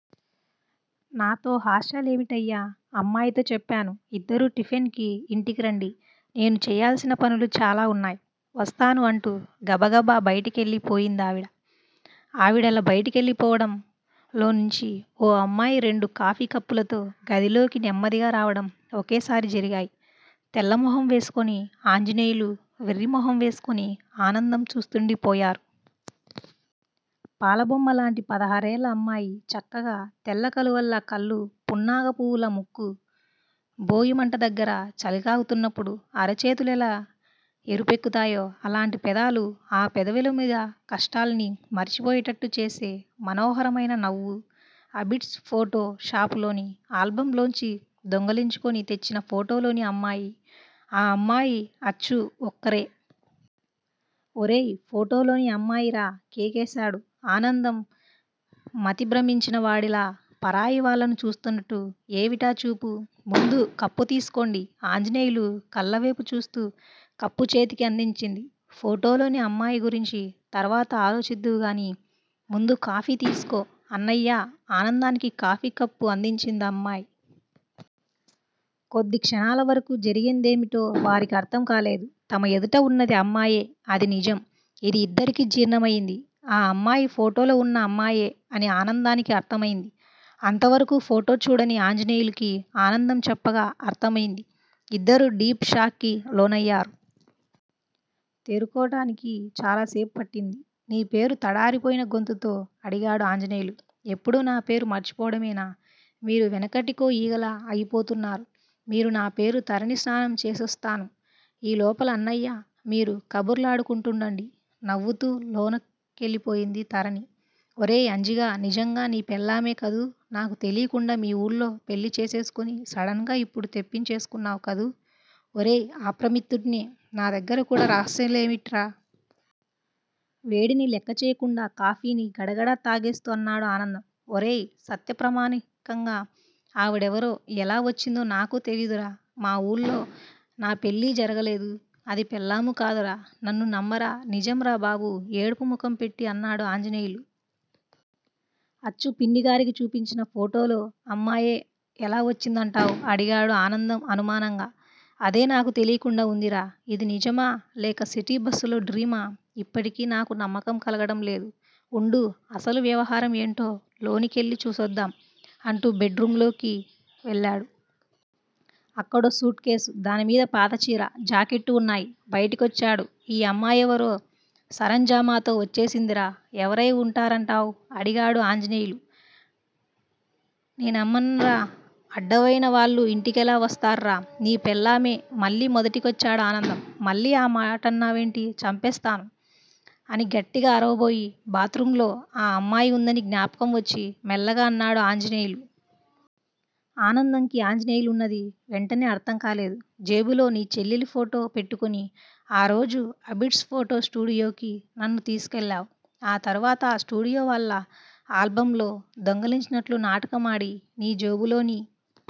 నాతో హాస్యాలేమిటయ్యా అమ్మాయితో చెప్పాను ఇద్దరూ టిఫిన్ కి ఇంటికి రండి నేను చెయ్యాల్సిన పనులు చాలా వున్నాయి. వస్తాను అంటూ గబగబా బయటికెళ్ళిపోయిందావిడ. ఆవిడలా బయటికెళ్ళిపోవడం, లోన్నించి ఓ అమ్మాయి రెండు కాఫీ కప్పులతో గదిలోకి నెమ్మదిగా రావడం ఒకేసారి జరిగాయి. తెల్లమొహం వేసుకుని ఆంజనేయులు, వెర్రిమొహం వేసుకుని ఆనందం చూస్తుండిపోయారు. పాల బొమ్మలాంటి పదహారేళ్ళ అమ్మాయి చక్కగా, తెల్ల కలువల్లా కళ్ళు పున్నాగ పువ్వులా ముక్కు భోగీ మంట దగ్గర చలికాగుతున్నపుడు అరచేతులెలా ఎరుపెక్కుతాయో అలాంటి పెదాలు ఆ పెదవుల మీద కష్టాల్ని మరిచిపోయేటట్టు చేసే మనోహరమైన నవ్వు. అబిడ్స్ ఫోటో షాపులోని ఆల్బమ్ లోంచి దొంగిలించుకుని తెచ్చిన ఫోటోలోని అమ్మాయి, ఈ అమ్మాయీ అచ్చు ఒక్కరే!! ఒరేయ్ ఫోటోలోని అమ్మాయిరా కేకేశాడు ఆనందం మతి భ్రమించినవాడిలా. పరాయి వాళ్ళను చూస్తున్నట్టు ఏవిటా చూపు ముందు కప్పు తీసుకోండి ఆంజనేయులు కళ్ళవేపు చూస్తూ కప్పు చేతికి అందించింది. ఫోటోలోని అమ్మాయి గురించి తర్వాత ఆలోచిద్దువుగాని, ముందు కాఫీ తీసుకో అన్నయ్యా ఆనందానికి కాఫీకప్పు అందించిందా అమ్మాయి. కొద్ది క్షణాలవరకూ జరిగిందేమిటో వారికర్ధం కాలేదు. తమ ఎదుట ఉన్నది అమ్మాయే అది నిజం ఇది ఇద్దరికీ జీర్ణమయింది. ఆ అమ్మాయి ఫోటోలో వున్న అమ్మాయే అని ఆనందానికి అర్ధమైంది. అంతవరకూ ఫోటో చూడని ఆంజనేయులికి ఆనందం చెప్పగా అర్ధమయింది. ఇద్దరూ డీప్ షాక్ కి లోనయ్యారు. తేరుకోటానికి చాలాసేపు పట్టింది. నీ పేరు తడారిపోయిన గొంతుతో అడిగాడు ఆంజనేయులు. ఎప్పుడూ నా పేరు మర్చిపోవడమేనా? మీరు వెనకటికో ఈగలా అయిపోతున్నారు మీరు నా పేరు తరణి స్నానం చేసొస్తాను ఈ లోపల అన్నయ్యా మీరు కబుర్లాడుకుంటుండండి నవ్వుతూ లోనకెళ్ళిపోయింది తరణి. ఒరేయ్ అంజిగా నిజంగా నీ పెళ్ళామే కదూ నాకు తెలీకుండా మీ ఊళ్ళో పెళ్ళి చేసేసుకుని సడన్ గా ఇప్పుడు తెప్పించేసుకున్నావ్ గదూ ఒరేయ్ ఆప్తమిత్రుడ్నే నా దగ్గర కూడా రహస్యాలేవిటిరా? వేడిని లెక్కచెయ్యకుండా కాఫీని గడగడా తాగేస్తూ అన్నాడు ఆనందం. ఒరేయ్ సత్తె ప్రమాణికంగా ఆవిడెవరో, ఎలా వచ్చిందో నాకూ తెలీదురా మా వూళ్ళో నా పెళ్ళీ జరగలేదు అది పెళ్ళామూ కాదురా నన్ను నమ్మరా నిజం రా బాబూ ఏడుపు ముఖం పెట్టి అన్నాడు ఆంజనేయులు. అచ్చు పిన్నిగారికి చూపించిన ఫోటోలో అమ్మాయే ఎలా వచ్చిందంటావ్? అడిగాడు ఆనందం అనుమానంగా. అదే నాకూ తెలీకుండా వుందిరా ఇది నిజమా లేక సిటీ బస్సులో డ్రీమా ఇప్పటికీ నాకు నమ్మకం కలగడంలేదు వుండు అసలు వ్యవహారం ఏంటో లోనికెళ్ళి చూసొద్దాం అంటూ బెడ్ రూంలో కెళ్ళాడు. అక్కడో సూట్ కేసు, దానిమీద పాత చీర, జాకెట్టు వున్నాయి. బయటికొచ్చాడు. ఈ అమ్మాయెవరో సరంజామాతో వచ్చేసిందిరా ఎవరై ఉంటారంటావ్? అడిగాడు ఆంజనేయులు. నేన్నమ్మన్రా అడ్డవైన వాళ్ళూ ఇంటికెలా వస్తార్రా నీ పెళ్ళామే మళ్ళీ మొదటికొచ్చాడు ఆనందం. మళ్ళీ ఆ మాటన్నావంటే చంపేస్తాను అని గట్టిగా అరవబోయి బాత్ రూమ్ లో ఆ అమ్మాయి ఉందని జ్ఞాపకం వచ్చి, మెల్లగా అన్నాడు ఆంజనేయులు. ఆనందంకి ఆంజనేయులన్నది వెంటనే అర్ధంకాలేదు. జేబులో నీ చెల్లెలి ఫోటో పెట్టుకొనే ఆ రోజు అబిడ్స్ ఫోటో స్టూడియోకి నన్ను తీసుకెళ్ళావ్. ఆ తరువాత ఆ స్టూడియో వాళ్ళ ఆల్బమ్ లో దొంగిలించినట్లు నాటకం ఆడి, నీ జేబులోని